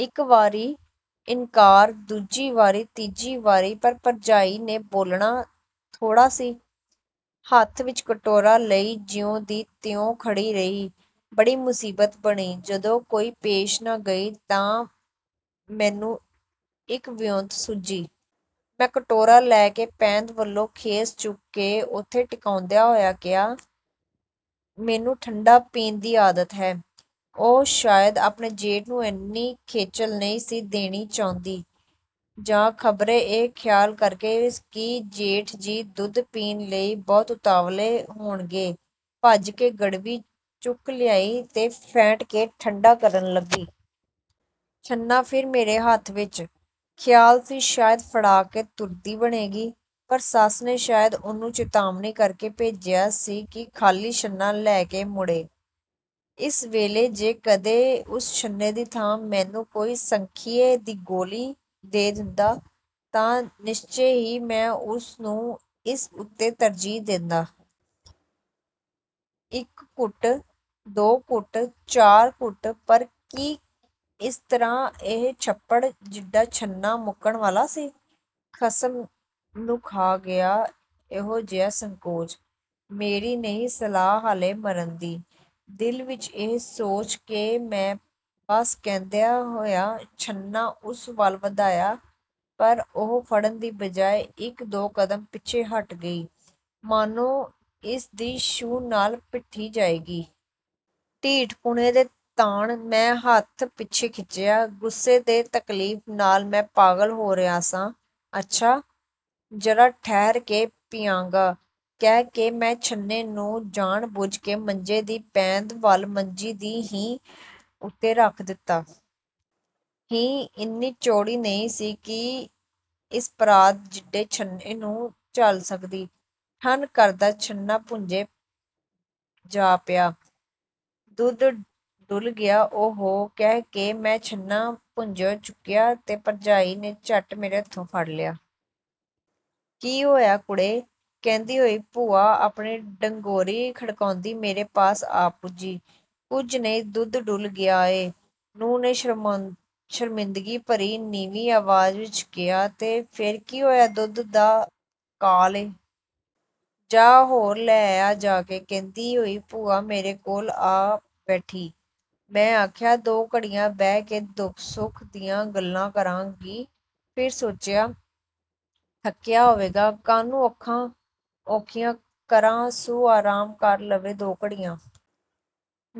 ਇੱਕ ਵਾਰੀ ਇਨਕਾਰ, ਦੂਜੀ ਵਾਰੀ, ਤੀਜੀ ਵਾਰੀ, ਪਰ ਭਰਜਾਈ ਨੇ ਬੋਲਣਾ ਥੋੜ੍ਹਾ ਸੀ। ਹੱਥ ਵਿੱਚ ਕਟੋਰਾ ਲਈ ਜਿਉਂ ਦੀ ਤਿਉਂ ਖੜੀ ਰਹੀ। ਬੜੀ ਮੁਸੀਬਤ ਬਣੀ। ਜਦੋਂ ਕੋਈ ਪੇਸ਼ ਨਾ ਗਈ ਤਾਂ ਮੈਨੂੰ ਇੱਕ ਵਿਉਂਤ ਸੁੱਝੀ। ਮੈਂ ਕਟੋਰਾ ਲੈ ਕੇ ਪੈਂਦ ਵੱਲੋਂ ਖੇਸ ਚੁੱਕ ਕੇ ਓਥੇ ਟਿਕਾਉਂਦਿਆਂ ਹੋਇਆਂ ਕਿਹਾ, “ਮੈਨੂੰ ਠੰਢਾ ਪੀਣ ਦੀ ਆਦਤ ਹੈ।” ਉਹ ਸ਼ਾਇਦ ਆਪਣੇ ਜੇਠ ਨੂੰ ਐਨੀ ਖੇਚਲ ਨਹੀਂ ਸੀ ਦੇਣੀ ਚਾਹੁੰਦੀ, ਜਾਂ ਖ਼ਬਰੇ ਇਹ ਖ਼ਿਆਲ ਕਰਕੇ ਕਿ ਜੇਠ ਜੀ ਦੁੱਧ ਪੀਣ ਲਈ ਬਹੁਤ ਉਤਾਵਲੇ ਹੋਣਗੇ, ਭੱਜ ਕੇ ਗੜਵੀ ਚੁੱਕ ਲਿਆਈ ਤੇ ਫੈਂਟ ਕੇ ਠੰਢਾ ਕਰਨ ਲੱਗੀ। ਛੰਨਾ ਫਿਰ ਮੇਰੇ ਹੱਥ ਵਿੱਚ। ਖ਼ਿਆਲ ਸੀ ਸ਼ਾਇਦ ਫੜਾ ਕੇ ਤੁਰਦੀ ਬਣੇਗੀ, ਪਰ ਸੱਸ ਨੇ ਸ਼ਾਇਦ ਉਹਨੂੰ ਚਿਤਾਵਨੀ ਕਰਕੇ ਭੇਜਿਆ ਸੀ ਕਿ ਖਾਲੀ ਛੰਨਾ ਲੈ ਕੇ ਮੁੜੇ। ਇਸ ਵੇਲੇ ਜੇ ਕਦੇ ਉਸ ਛੰਨੇ ਦੀ ਥਾਂ ਮੈਨੂੰ ਕੋਈ ਸੰਖੀਏ ਦੀ ਗੋਲੀ ਦੇ ਦਿੰਦਾ ਤਾਂ ਨਿਸ਼ਚੇ ਹੀ ਮੈਂ ਉਸੇ ਨੂੰ ਇਸ ਉੱਤੇ ਤਰਜੀਹ ਦੇਂਦਾ। ਇੱਕ ਘੁੱਟ, ਦੋ ਘੁੱਟ, ਚਾਰ ਘੁੱਟ, ਪਰ ਕੀ ਇਸ ਤਰ੍ਹਾਂ ਇਹ ਛੱਪੜ ਜਿੱਡਾ ਛੰਨਾ ਮੁੱਕਣ ਵਾਲਾ ਸੀ? “ਖਸਮ ਨੂੰ ਖਾ ਗਿਆ ਇਹੋ ਜਿਹਾ ਸੰਕੋਚ। ਮੇਰੀ ਨਹੀਂ ਸਲਾਹ ਹਾਲੇ ਮਰਨ ਦੀ।” ਦਿਲ ਵਿੱਚ ਇਹ ਸੋਚ ਕੇ ਮੈਂ “ਬੱਸ” ਕਹਿੰਦਿਆਂ ਹੋਇਆਂ, ਛੰਨਾ ਉਸ ਵੱਲ ਵਧਾਇਆ, ਪਰ ਉਹ ਫੜਨ ਦੀ ਬਜਾਇ ਇੱਕ-ਦੋ ਕਦਮ ਪਿੱਛੇ ਹਟ ਗਈ, ਮਾਨੋ ਇਸ ਦੀ ਛੂਹ ਨਾਲ ਭਿੱਟੀ ਜਾਏਗੀ। ਢੀਠਪੁਣੇ ਦੇ ਤਾਣ ਮੈਂ ਹੱਥ ਪਿੱਛੇ ਖਿੱਚਿਆ। ਗੁੱਸੇ ਤੇ ਤਕਲੀਫ਼ ਨਾਲ ਮੈਂ ਪਾਗਲ ਹੋ ਰਿਹਾ ਸਾਂ। “ਅੱਛਾ, ਜ਼ਰਾ ਠਹਿਰ ਕੇ ਪੀਆਂਗਾ,” ਕਹਿ ਕੇ ਮੈਂ ਛੰਨੇ ਨੂੰ ਜਾਣ-ਬੁੱਝ ਕੇ ਮੰਜੇ ਦੀ ਪੈਂਦ ਵੱਲ ਮੰਜੀ ਦੀ ਹੀਂਹ ਉੱਤੇ ਰੱਖ ਦਿੱਤਾ। ਹੀਂਹ ਇੰਨੀ ਚੌੜੀ ਨਹੀਂ ਸੀ ਕਿ ਇਸ ਪਰਾਤ ਜਿੱਡੇ ਛੰਨੇ ਨੂੰ ਝੱਲ ਸਕਦੀ। “ਠੰਨ” ਕਰਦਾ ਛੰਨਾ ਭੁੰਜੇ ਜਾ ਪਿਆ। ਦੁੱਧ ਡੁੱਲ੍ਹ ਗਿਆ। “ਉਹੋ!” ਕਹਿ ਕੇ ਮੈਂ ਛੰਨਾ ਭੁੰਜਿਓਂ ਚੁੱਕਿਆ ਤੇ ਭਰਜਾਈ ਨੇ ਝੱਟ ਮੇਰੇ ਹੱਥੋਂ ਫੜ ਲਿਆ। “ਕੀ ਹੋਇਆ ਕੁੜੇ?” ਕਹਿੰਦੀ ਹੋਈ ਭੂਆ ਆਪਣੀ ਡੰਗੋਰੀ ਖੜਕਾਂਦੀ ਮੇਰੇ ਪਾਸ ਆ ਪੁੱਜੀ। “ਕੁਝ ਨਹੀਂ, ਦੁੱਧ ਡੁੱਲ੍ਹ ਗਿਆ ਏ,” ਨੂੰਹ ਨੇ ਸ਼ਰਮਿੰਦਗੀ ਭਰੀ ਨੀਵੀਂ ਆਵਾਜ਼ ਵਿੱਚ ਕਿਹਾ। “ਤੇ ਫਿਰ ਕੀ ਹੋਇਆ? ਦੁੱਧ ਦਾ ਕਾਲ ਏ? ਜਾਹ, ਹੋਰ ਲੈ ਆ ਜਾ ਕੇ,” ਕਹਿੰਦੀ ਹੋਈ ਭੂਆ ਮੇਰੇ ਕੋਲ ਆ ਬੈਠੀ। “ਮੈਂ ਆਖਿਆ, ਦੋ ਘੜੀਆਂ ਬਹਿ ਕੇ ਦੁੱਖ-ਸੁੱਖ ਦੀਆਂ ਗੱਲਾਂ ਕਰਾਂਗੀ। ਫਿਰ ਸੋਚਿਆ, ਥੱਕਿਆ ਹੋਵੇਗਾ, ਕਾਹਨੂੰ ਔਖਿਆਂ ਕਰਾਂ, ਸੁ ਆਰਾਮ ਕਰ ਲਵੇ ਦੋ ਘੜੀਆਂ।”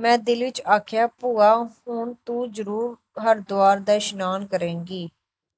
ਮੈਂ ਦਿਲ ਵਿੱਚ ਆਖਿਆ, “ਭੂਆ, ਹੁਣ ਤੂੰ ਜ਼ਰੂਰ ਹਰਦੁਆਰ ਦਾ ਇਸ਼ਨਾਨ ਕਰੇਂਗੀ।”